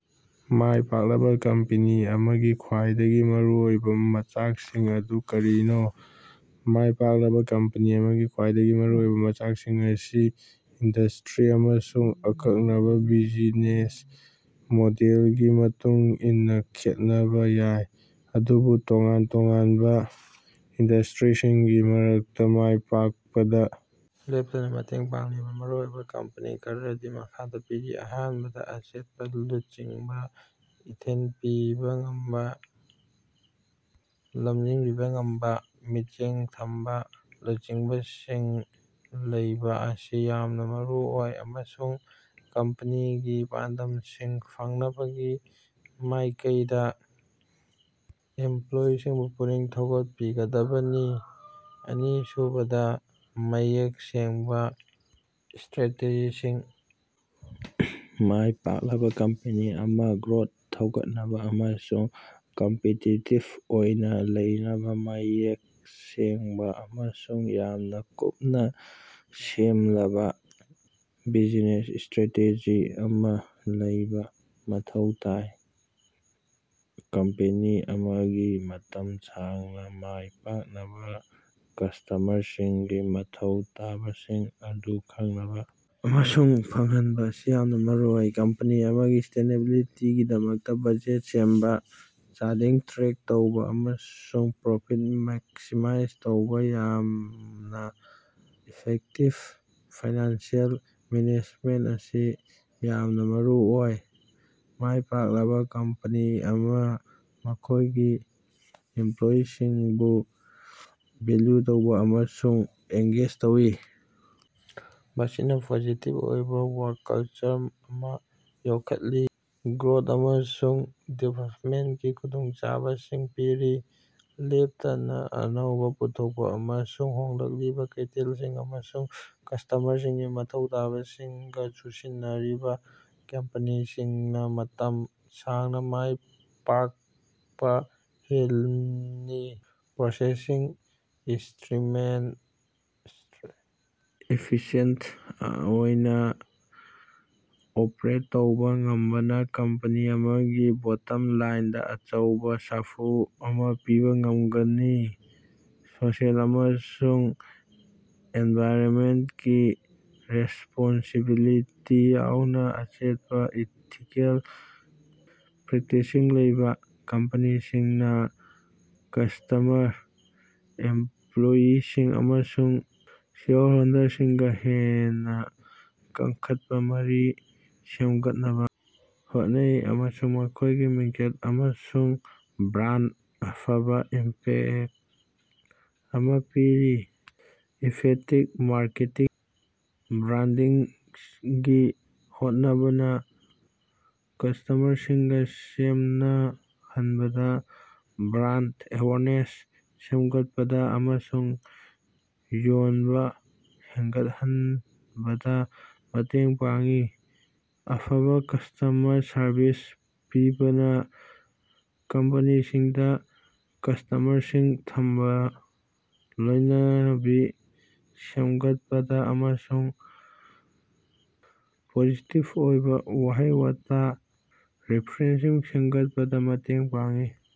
ꯃꯥꯏ ꯄꯥꯛꯂꯕꯥ ꯀꯝꯄꯦꯅꯤ ꯑꯃꯒꯤ ꯈ꯭ꯋꯥꯏꯗꯒꯤ ꯃꯔꯨꯑꯣꯏꯕꯥ ꯃꯆꯥꯛꯁꯤꯡ ꯑꯗꯨ ꯀꯔꯤꯅꯣ? ꯃꯥꯏ ꯄꯥꯛꯂꯕꯥ ꯀꯝꯄꯦꯅꯤ ꯑꯃꯒꯤ ꯈ꯭ꯋꯥꯏꯗꯒꯤ ꯃꯔꯨꯑꯣꯏꯕꯥ ꯃꯆꯥꯛꯁꯤꯡ ꯑꯁꯤ ꯏꯟꯗꯁꯇ꯭ꯔꯤ ꯑꯃꯁꯨꯡ ꯑꯀꯛꯅꯕꯥ ꯕꯤꯖꯤꯅꯦꯁ ꯃꯣꯗꯦꯜꯒꯤ ꯃꯇꯨꯡ ꯏꯟꯅꯥ ꯈꯦꯠꯅꯕꯥ ꯌꯥꯏ, ꯑꯗꯨꯕꯨ ꯇꯣꯉꯥꯟ ꯇꯣꯉꯥꯟꯕꯥ ꯏꯟꯗꯁꯇ꯭ꯔꯤꯁꯤꯡꯒꯤ ꯃꯔꯛꯇꯥ ꯃꯥꯏ ꯄꯥꯛꯄꯗꯥ ꯂꯦꯞꯇꯅꯥ ꯃꯇꯦꯡ ꯄꯥꯡꯂꯤꯕꯥ ꯃꯔꯨꯑꯣꯏꯕꯥ ꯀꯝꯄꯣꯅꯦꯟꯇ ꯈꯔꯗꯤ ꯃꯈꯥꯗꯥ ꯄꯤꯔꯤ: ꯑꯍꯥꯟꯕꯗ ꯑꯆꯦꯠꯄꯥ ꯂꯨꯆꯤꯡꯕꯥ, ꯏꯊꯤꯜ ꯄꯤꯕꯥ ꯉꯝꯕꯥ, ꯂꯃꯖꯤꯡꯕꯤꯕꯥ ꯉꯝꯕꯥ ꯃꯤꯠꯌꯦꯡ ꯊꯝꯕꯥ ꯂꯨꯆꯤꯡꯕꯁꯤꯡ ꯂꯩꯕꯥ ꯑꯁꯤ ꯌꯥꯝꯅꯥ ꯃꯔꯨꯑꯣꯏ꯫ꯑꯃꯁꯨꯡ ꯀꯝꯄꯦꯅꯤꯒꯤ ꯄꯥꯟꯗꯝꯁꯤꯡ ꯐꯪꯅꯕꯒꯤ ꯃꯥꯏꯀꯩꯗꯥ ꯏꯝꯄ꯭ꯂꯣꯏꯌꯤꯁꯤꯡꯕꯨ ꯄꯨꯛꯅꯤꯡ ꯊꯧꯒꯠꯄꯤꯒꯗꯕꯅꯤ꯫ ꯑꯅꯤꯁꯨꯕꯗꯥ ꯃꯌꯦꯛ ꯁꯦꯡꯕꯥ ꯏꯁꯇ꯭ꯔ꯭ꯦꯇꯦꯖꯤꯁꯤꯡ ꯃꯥꯏ ꯄꯥꯛꯂꯕꯥ ꯀꯝꯄꯦꯅꯤ ꯑꯃꯅꯥ ꯒ꯭ꯔꯣꯠ ꯊꯧꯒꯠꯅꯕꯥ ꯑꯃꯁꯨꯡ ꯀꯝꯄꯤꯇꯤꯇꯤꯞ ꯑꯣꯏꯅꯥ ꯂꯩꯅꯕꯥ ꯃꯌꯦꯛ ꯁꯦꯡꯕꯥ ꯑꯃꯁꯨꯡ ꯌꯥꯝꯅꯥ ꯀꯨꯞꯅꯥ ꯁꯦꯝꯂꯕꯥ ꯕꯤꯖꯤꯅꯦꯁ ꯏꯁꯇ꯭ꯔꯦꯇꯦꯖꯤ ꯑꯃꯥ ꯂꯩꯕꯥ ꯃꯊꯧ ꯇꯥꯏ꯫ ꯀꯝꯄꯦꯅꯤ ꯑꯃꯒꯤ ꯃꯇꯝ ꯁꯥꯡꯅꯥ ꯃꯥꯏ ꯄꯥꯛꯅꯕꯥ ꯀꯁꯇꯃꯔꯁꯤꯡꯒꯤ ꯃꯊꯧ ꯇꯥꯕꯁꯤꯡ ꯑꯗꯨ ꯈꯪꯕꯥ ꯑꯃꯁꯨꯡ ꯐꯪꯍꯟꯕꯥ ꯑꯁꯤ ꯌꯥꯝꯅꯥ ꯃꯔꯨꯑꯣꯏ꯫ ꯀꯝꯄꯦꯅꯤ ꯑꯃꯒꯤ ꯁꯁ꯭ꯇꯦꯅꯦꯕꯤꯂꯤꯇꯤꯒꯤꯗꯃꯛꯇꯥ ꯕꯖꯦꯠ ꯁꯦꯝꯕꯥ, ꯆꯥꯗꯤꯡ ꯇ꯭ꯔꯦꯛ ꯇꯧꯕꯥꯑꯃꯁꯨꯡ ꯄ꯭ꯔꯣꯐꯤꯠ ꯃꯦꯛꯁꯤꯃꯥꯏꯖ ꯇꯧꯕꯥ ꯌꯥꯎꯅꯥ ꯏꯐꯦꯛꯇꯤꯞ ꯐꯥꯏꯅꯥꯟꯁꯤꯑꯦꯜ ꯃꯦꯅꯦꯖꯃꯦꯟꯇ ꯑꯁꯤ ꯌꯥꯝꯅꯥ ꯃꯔꯨꯑꯣꯏ꯫ ꯃꯥꯏꯄꯥꯛꯂꯕꯥ ꯀꯝꯄꯅꯤ ꯑꯃꯅꯥ ꯃꯈꯣꯏꯒꯤ ꯏꯝꯄ꯭ꯂꯣꯏꯌꯤꯁꯤꯡꯕꯨ ꯚꯦꯜꯌꯨ ꯇꯧꯏ ꯑꯃꯁꯨꯡ ꯑꯦꯡꯒꯦꯖ ꯇꯧꯏ, ꯃꯁꯤꯅꯥ ꯄꯣꯖꯤꯇꯤꯞ ꯑꯣꯏꯕꯥ ꯋꯥꯔꯛ ꯀꯜꯆꯔ ꯑꯃꯥ ꯌꯣꯛꯈꯠꯂꯤ꯫ ꯒ꯭ꯔꯣꯠ ꯑꯃꯁꯨꯡ ꯗꯤꯚꯦꯂꯞꯃꯦꯟꯇꯒꯤ ꯈꯨꯗꯣꯡꯆꯥꯕꯁꯤꯡ ꯄꯤꯔꯤ꯫ ꯂꯦꯞꯇꯅꯥ ꯑꯅꯧꯕꯥ ꯄꯨꯊꯣꯛꯄꯥ ꯑꯃꯁꯨꯡ ꯍꯣꯡꯂꯛꯂꯤꯕꯥ ꯀꯩꯊꯦꯜꯁꯤꯡ ꯑꯃꯁꯨꯡ ꯀꯁꯇꯃꯔꯁꯤꯡꯒꯤ ꯃꯊꯧ ꯇꯥꯕꯁꯤꯡꯒꯥ ꯆꯨꯁꯤꯟꯅꯔꯤꯕꯥ ꯀꯝꯄꯦꯅꯤꯁꯤꯡꯅꯥ ꯃꯇꯝ ꯁꯥꯡꯅꯥ ꯃꯥꯏ ꯄꯥꯛꯄꯥ ꯍꯦꯟꯅꯤ꯫ ꯄ꯭ꯔꯣꯁꯦꯁꯁꯤꯡ ꯏꯁꯇ꯭ꯔꯤꯝꯂꯥꯏꯟ ꯇꯧꯕꯥ ꯑꯃꯁꯨꯡ ꯏꯐꯤꯁꯤꯌꯦꯟꯇ ꯑꯣꯏꯅꯥ ꯑꯣꯄ꯭ꯔꯦꯠ ꯇꯧꯕꯥ ꯉꯝꯕꯅꯥ ꯀꯝꯄꯦꯅꯤ ꯑꯃꯒꯤ ꯕꯣꯠꯇꯝ ꯂꯥꯏꯟꯗꯥ ꯑꯆꯧꯕꯥ ꯁꯥꯐꯨ ꯑꯃꯥ ꯄꯤꯕꯥ ꯉꯝꯒꯅꯤ꯫ ꯁꯣꯁꯤꯑꯦꯜ ꯑꯃꯁꯨꯡ ꯑꯦꯟꯚꯥꯏꯔꯟꯃꯦꯟꯇꯀꯤ ꯔꯦꯁꯄꯣꯟꯁꯤꯕꯤꯂꯤꯇꯤ ꯌꯥꯎꯅꯥ ꯑꯆꯦꯠꯄꯥ ꯏꯊꯤꯀꯦꯜ ꯄ꯭ꯔꯦꯛꯇꯤꯁꯁꯤꯡ ꯂꯩꯕꯥ ꯀꯝꯄꯦꯅꯤꯁꯤꯡꯅꯥ ꯀꯁꯇꯃꯔꯁꯤꯡ, ꯏꯝꯄ꯭ꯂꯣꯌꯤꯁꯤꯡ, ꯑꯃꯁꯨꯡ ꯁꯦꯌꯔ ꯍꯣꯜꯗꯔꯁꯤꯡꯒꯥ ꯍꯦꯟꯅꯥ ꯀꯟꯈꯠꯄꯥ ꯃꯔꯤ ꯁꯦꯝꯒꯠꯅꯕꯥ ꯍꯣꯠꯅꯩ ꯑꯃꯁꯨꯡ ꯃꯈꯣꯏꯒꯤ ꯃꯤꯡꯆꯠ ꯑꯃꯁꯨꯡ ꯕ꯭ꯔꯥꯟꯗꯗꯥ ꯑꯐꯕꯥ ꯏꯝꯄꯦꯛꯇ ꯑꯃꯥ ꯄꯤꯔꯤ꯫ ꯏꯐꯦꯛꯇꯤꯕ ꯃꯥꯔꯀꯦꯇꯤꯡ ꯑꯃꯁꯨꯡ ꯕ꯭ꯔꯥꯟꯗꯤꯡꯒꯤ ꯍꯣꯠꯅꯕꯅꯥ ꯀꯁꯇꯃꯔꯁꯤꯡꯒꯥ ꯁꯝꯅꯍꯟꯕꯗꯥ, ꯕ꯭ꯔꯥꯟꯗ ꯑꯦꯋꯦꯌꯔꯅꯦꯁ ꯁꯦꯝꯒꯠꯄꯗꯥ ꯑꯃꯁꯨꯡ ꯌꯣꯟꯕꯥ ꯍꯦꯟꯒꯠꯍꯟꯕꯗꯥ ꯃꯇꯦꯡ ꯄꯥꯡꯏ꯫ ꯑꯐꯕꯥ ꯀꯁꯇ꯭ꯃꯔ ꯁꯔꯕꯤꯁ ꯄꯤꯕꯅꯥ ꯀꯝꯄꯦꯅꯤꯁꯤꯡꯗꯥ ꯀꯁꯇꯃꯔꯁꯤꯡ ꯊꯝꯕꯗꯥ, ꯂꯣꯏꯅꯕꯤ ꯁꯦꯝꯒꯠꯄꯗꯥ ꯑꯃꯁꯨꯡ ꯄꯣꯖꯤꯇꯤꯞ ꯑꯣꯏꯕꯥ ꯋꯥꯍꯩ-ꯋꯥꯇꯥ ꯔꯤꯐꯔꯦꯜꯁꯤꯡ ꯁꯦꯝꯒꯠꯄꯗꯥ ꯃꯇꯦꯡ ꯄꯥꯡꯒꯅꯤ꯫